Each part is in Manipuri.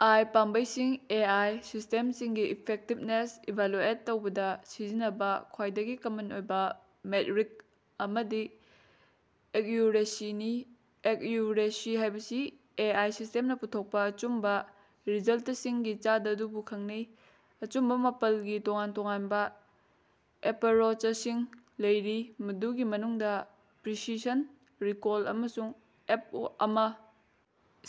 ꯑꯥꯏ. ꯄꯥꯝꯕꯩꯁꯤꯡ ꯑꯦ. ꯑꯥꯏ. ꯁꯤꯁ꯭ꯇꯦꯝꯁꯤꯡꯒꯤ ꯏꯐꯦꯛꯇꯤꯕꯅꯦꯁ ꯏꯚꯥꯂꯨꯑꯦꯠ ꯇꯧꯕꯗꯥ ꯁꯤꯖꯤꯟꯅꯕꯥ ꯈ꯭ꯋꯥꯏꯗꯒꯤ ꯀꯃꯟ ꯑꯣꯏꯕꯥ ꯃꯦꯠꯔꯤꯛ ꯑꯃꯗꯤ 'ꯑꯦꯛꯌꯨꯔꯦꯁꯤ'ꯅꯤ꯫ ꯑꯦꯛꯌꯨꯔꯦꯁꯤ ꯍꯥꯏꯕꯁꯤ ꯑꯦ. ꯑꯥꯏ. ꯁꯤꯁ꯭ꯇꯦꯝꯅꯥ ꯄꯨꯊꯣꯛꯄꯥ ꯑꯆꯨꯝꯕꯥ ꯔꯤꯖꯜꯇꯁꯤꯡꯒꯤ ꯆꯥꯗꯥ ꯑꯗꯨꯕꯨ ꯈꯪꯅꯩ꯫ ꯑꯆꯨꯝꯕꯥ ꯃꯥꯄꯜꯒꯤ ꯇꯣꯉꯥꯟ ꯇꯣꯉꯥꯟꯕꯥ ꯑꯦꯞꯄꯔꯣꯆꯁꯤꯡ ꯂꯩꯔꯤ, ꯃꯗꯨꯒꯤ ꯃꯅꯨꯡꯗꯥ ꯄ꯭ꯔꯤꯁꯤꯁꯟ, ꯔꯤꯀꯣꯜ, ꯑꯃꯁꯨꯡ ꯑꯦꯐ.꯱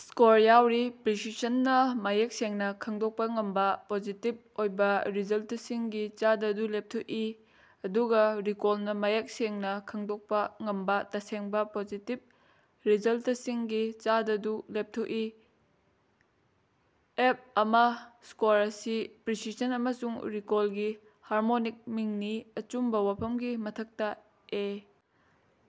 ꯁ꯭ꯀꯣꯔ ꯌꯥꯎꯔꯤ꯫ ꯄ꯭ꯔꯤꯁꯤꯁꯟꯅꯥ ꯃꯌꯦꯛ ꯁꯦꯡꯅꯥ ꯈꯪꯗꯣꯛꯄꯥ ꯉꯝꯕꯥ ꯄꯣꯖꯤꯇꯤꯕ ꯑꯣꯏꯕꯥ ꯔꯤꯖꯜꯇꯁꯤꯡꯒꯤ ꯆꯥꯗꯥ ꯑꯗꯨ ꯂꯦꯞꯊꯣꯛꯏ, ꯑꯗꯨꯒꯥ ꯔꯤꯀꯣꯜꯅꯥ ꯃꯌꯦꯛ ꯁꯦꯡꯅꯥ ꯈꯪꯗꯣꯛꯄꯥ ꯉꯝꯕꯥ ꯇꯁꯦꯡꯕꯥ ꯄꯣꯖꯤꯇꯤꯕ ꯔꯤꯖꯜꯇꯁꯤꯡꯒꯤ ꯆꯥꯗꯥ ꯑꯗꯨ ꯂꯦꯞꯊꯣꯛꯏ꯫ ꯑꯦꯐꯑꯃ ꯁ꯭ꯀꯣꯔ ꯑꯁꯤ ꯄ꯭ꯔꯤꯁꯤꯁꯟ ꯑꯃꯁꯨꯡ ꯔꯤꯀꯣꯜꯒꯤ ꯍꯥꯔꯃꯣꯅꯤꯛ ꯃꯤꯡꯅꯤ꯫ ꯑꯆꯨꯝꯕꯥ ꯋꯥꯐꯝꯒꯤ ꯃꯊꯛꯇꯥ, ꯑꯦ.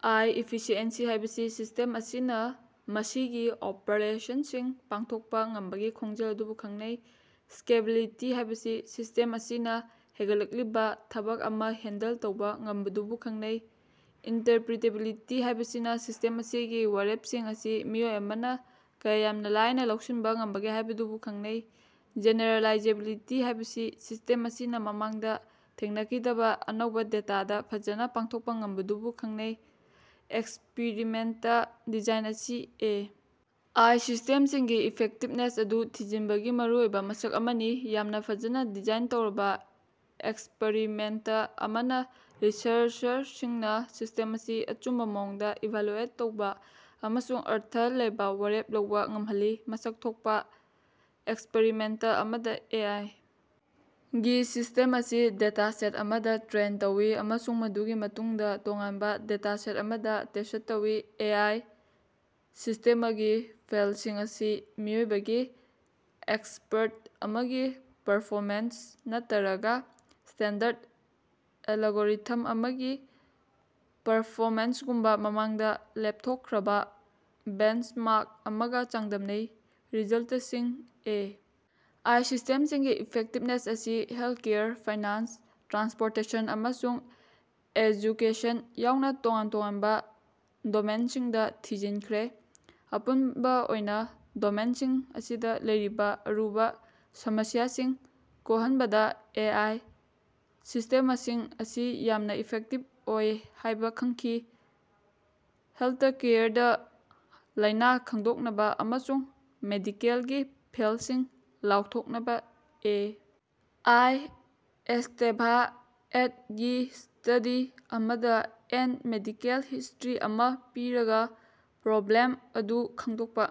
ꯑꯥꯏ. ꯏꯐꯤꯁꯤꯑꯦꯟꯁꯤ ꯍꯥꯏꯕꯁꯤ ꯁꯤꯁ꯭ꯇꯦꯝ ꯑꯁꯤꯅꯥ ꯃꯁꯤꯒꯤ ꯑꯣꯄꯔꯦꯁꯟꯁꯤꯡ ꯄꯥꯡꯊꯣꯛꯄꯥ ꯉꯝꯕꯒꯤ ꯈꯣꯡꯖꯦꯜ ꯑꯗꯨꯕꯨ ꯈꯪꯅꯩ꯫ ꯁ꯭ꯀꯦꯂꯦꯕꯤꯂꯤꯇꯤ ꯍꯥꯏꯕꯁꯤ ꯁꯤꯁ꯭ꯇꯦꯝ ꯑꯁꯤꯅꯥ ꯍꯦꯒꯠꯂꯛꯂꯤꯕꯥ ꯊꯕꯛ ꯑꯃꯥ ꯍꯦꯟꯗꯜ ꯇꯧꯕꯥ ꯉꯝꯕꯗꯨꯕꯨ ꯈꯪꯅꯩ꯫ ꯏꯟꯇꯔꯄꯔ꯭ꯤꯇꯦꯕꯤꯂꯤꯇꯤ ꯍꯥꯏꯕꯁꯤꯅꯥ ꯁꯤꯁ꯭ꯇꯦꯝ ꯑꯁꯤꯒꯤ ꯋꯥꯔꯦꯞꯁꯤꯡ ꯑꯁꯤ ꯃꯤꯑꯣꯏ ꯑꯃꯅꯥ ꯀꯌꯥ ꯌꯥꯝꯅꯥ ꯂꯥꯏꯅꯥ ꯂꯧꯁꯤꯟꯕꯥ ꯉꯝꯕꯒꯦ ꯍꯥꯏꯕꯗꯨꯕꯨ ꯈꯪꯅꯩ꯫ ꯖꯦꯅꯦꯔꯦꯂꯥꯏꯖꯦꯕꯤꯂꯤꯇꯤ ꯍꯥꯏꯕꯁꯤ ꯁꯤꯁ꯭ꯇꯦꯝ ꯑꯁꯤꯅꯥ ꯃꯃꯥꯡꯗꯥ ꯊꯦꯡꯅꯈꯤꯗꯕꯥ ꯑꯅꯧꯕꯥ ꯗꯦꯇꯥꯗꯥ ꯐꯖꯅꯥ ꯄꯥꯡꯊꯣꯛꯄꯥ ꯉꯝꯕꯗꯨꯕꯨ ꯈꯪꯅꯩ꯫ ꯑꯦꯛꯁꯄꯤꯔꯤꯃꯦꯟꯇ ꯗꯤꯖꯥꯏꯟ ꯑꯁꯤ ꯑꯦ. ꯑꯥꯏ. ꯁꯤꯁ꯭ꯇꯦꯝꯁꯤꯡꯒꯤ ꯏꯐꯦꯛꯇꯤꯕꯅꯦꯁ ꯑꯗꯨ ꯊꯤꯖꯤꯟꯕꯒꯤ ꯃꯔꯨꯑꯣꯏꯕꯥ ꯃꯁꯛ ꯑꯃꯅꯤ꯫ ꯌꯥꯝꯅꯥ ꯐꯖꯅꯥ ꯗꯤꯖꯥꯏꯟ ꯇꯧꯔꯕꯥ ꯑꯦꯛꯁꯄꯔꯤꯃꯦꯟꯇ ꯑꯃꯅꯥ ꯔꯤꯁꯔꯆꯔꯁꯤꯡꯅꯥ ꯁꯤꯁ꯭ꯇꯦꯝ ꯑꯁꯤ ꯑꯆꯨꯝꯕꯥ ꯃꯑꯣꯡꯗꯥ ꯏꯚꯥꯂꯨꯑꯦꯠ ꯇꯧꯕꯥ ꯑꯃꯁꯨꯡ ꯑꯔꯊ ꯂꯩꯕꯥ ꯋꯥꯔꯦꯞ ꯂꯧꯕꯥ ꯉꯝꯍꯜꯂꯤ꯫ ꯃꯁꯛ ꯊꯣꯛꯄꯥ ꯑꯦꯛꯁꯄꯔꯤꯃꯦꯟꯇ ꯑꯃꯗꯥ, ꯑꯦ. ꯑꯥꯏ. ꯒꯤ ꯁꯤꯁ꯭ꯇꯦꯝ ꯑꯁꯤ ꯗꯦꯇꯥꯁꯦꯠ ꯑꯃꯗꯥ ꯇ꯭ꯔꯦꯟ ꯇꯧꯏ ꯑꯃꯁꯨꯡ ꯃꯗꯨꯒꯤ ꯃꯇꯨꯡꯗꯥ ꯇꯣꯉꯥꯟꯕꯥ ꯗꯦꯇꯥꯁꯦꯠ ꯑꯃꯗꯥ ꯇꯦꯁ꯭ꯠ ꯇꯧꯏ꯫ ꯑꯦ. ꯑꯥꯏ. ꯁꯤꯁ꯭ꯇꯦꯃꯒꯤ ꯐꯦꯜꯁꯤꯡ ꯑꯁꯤ ꯃꯤꯑꯣꯏꯕꯒꯤ ꯑꯦꯛꯁꯄꯔꯠ ꯑꯃꯒꯤ ꯄꯔꯐꯣꯃꯦꯟꯁ ꯅꯠꯇꯔꯒꯥ ꯁ꯭ꯇꯦꯟꯗꯔꯗ ꯑꯦꯂꯒꯣꯔꯤꯊꯝ ꯑꯃꯒꯤ ꯄꯔꯐꯣꯃꯦꯟꯁꯒꯨꯝꯕꯥ ꯃꯃꯥꯡꯗꯥ ꯂꯦꯞꯊꯣꯛꯈ꯭ꯔꯕꯥ ꯕꯦꯟꯆꯃꯥꯔꯛ ꯑꯃꯒꯥ ꯆꯥꯡꯗꯝꯅꯩ꯫ ꯔꯤꯖꯜꯇꯁꯤꯡ ꯑꯦ. ꯑꯥꯏ. ꯁꯤꯁ꯭ꯇꯦꯝꯁꯤꯡꯒꯤ ꯏꯐꯦꯛꯇꯤꯕꯅꯦꯁ ꯑꯁꯤ ꯍꯦꯜꯀꯦꯌꯔ, ꯐꯥꯏꯅꯥꯟꯁ, ꯇ꯭ꯔꯥꯟꯁꯄꯣꯔꯇꯦꯁꯟ, ꯑꯃꯁꯨꯡ ꯑꯦꯖꯨꯀꯦꯁꯟ ꯌꯥꯎꯅ ꯇꯣꯉꯥꯟ ꯇꯣꯉꯥꯟꯕꯥ ꯗꯣꯃꯦꯟꯁꯤꯡꯗꯥ ꯊꯤꯖꯤꯟꯈ꯭ꯔꯦ꯫ ꯑꯄꯨꯟꯕꯥ ꯑꯣꯏꯅꯥ, ꯗꯣꯃꯦꯟꯁꯤꯡ ꯑꯁꯤꯗꯥ ꯂꯩꯔꯤꯕꯥ ꯑꯔꯨꯕꯥ ꯁꯃꯁ꯭ꯌꯥꯁꯤꯡ ꯀꯣꯍꯟꯕꯗꯥ ꯑꯦ. ꯑꯥꯏ. ꯁꯤꯁ꯭ꯇꯦꯃꯁꯤꯡ ꯑꯁꯤ ꯌꯥꯝꯅꯥ ꯏꯐꯦꯛꯇꯤꯕ ꯑꯣꯏ ꯍꯥꯏꯕꯥ ꯈꯪꯈꯤ ꯫ ꯍꯦꯜꯇꯀꯦꯌꯔꯗꯥ, ꯂꯥꯏꯅꯥ ꯈꯪꯗꯣꯛꯅꯕꯥ ꯑꯃꯁꯨꯡ ꯃꯦꯗꯤꯀꯦꯜꯒꯤ ꯐꯦꯜꯁꯤꯡ ꯂꯥꯎꯊꯣꯛꯅꯕꯥ ꯑꯦ. ꯑꯥꯏ. Esteva et. ꯒꯤ ꯁ꯭ꯇꯗꯤ ꯑꯃꯗꯥ ꯑꯦꯟ ꯃꯦꯗꯤꯀꯦꯜ ꯍꯤꯁ꯭ꯇꯔꯤ ꯑꯃꯥ ꯄꯤꯔꯒꯥ ꯄ꯭ꯔꯣꯕ꯭ꯂꯦꯝ ꯑꯗꯨ ꯈꯪꯗꯣꯛꯄꯥ꯫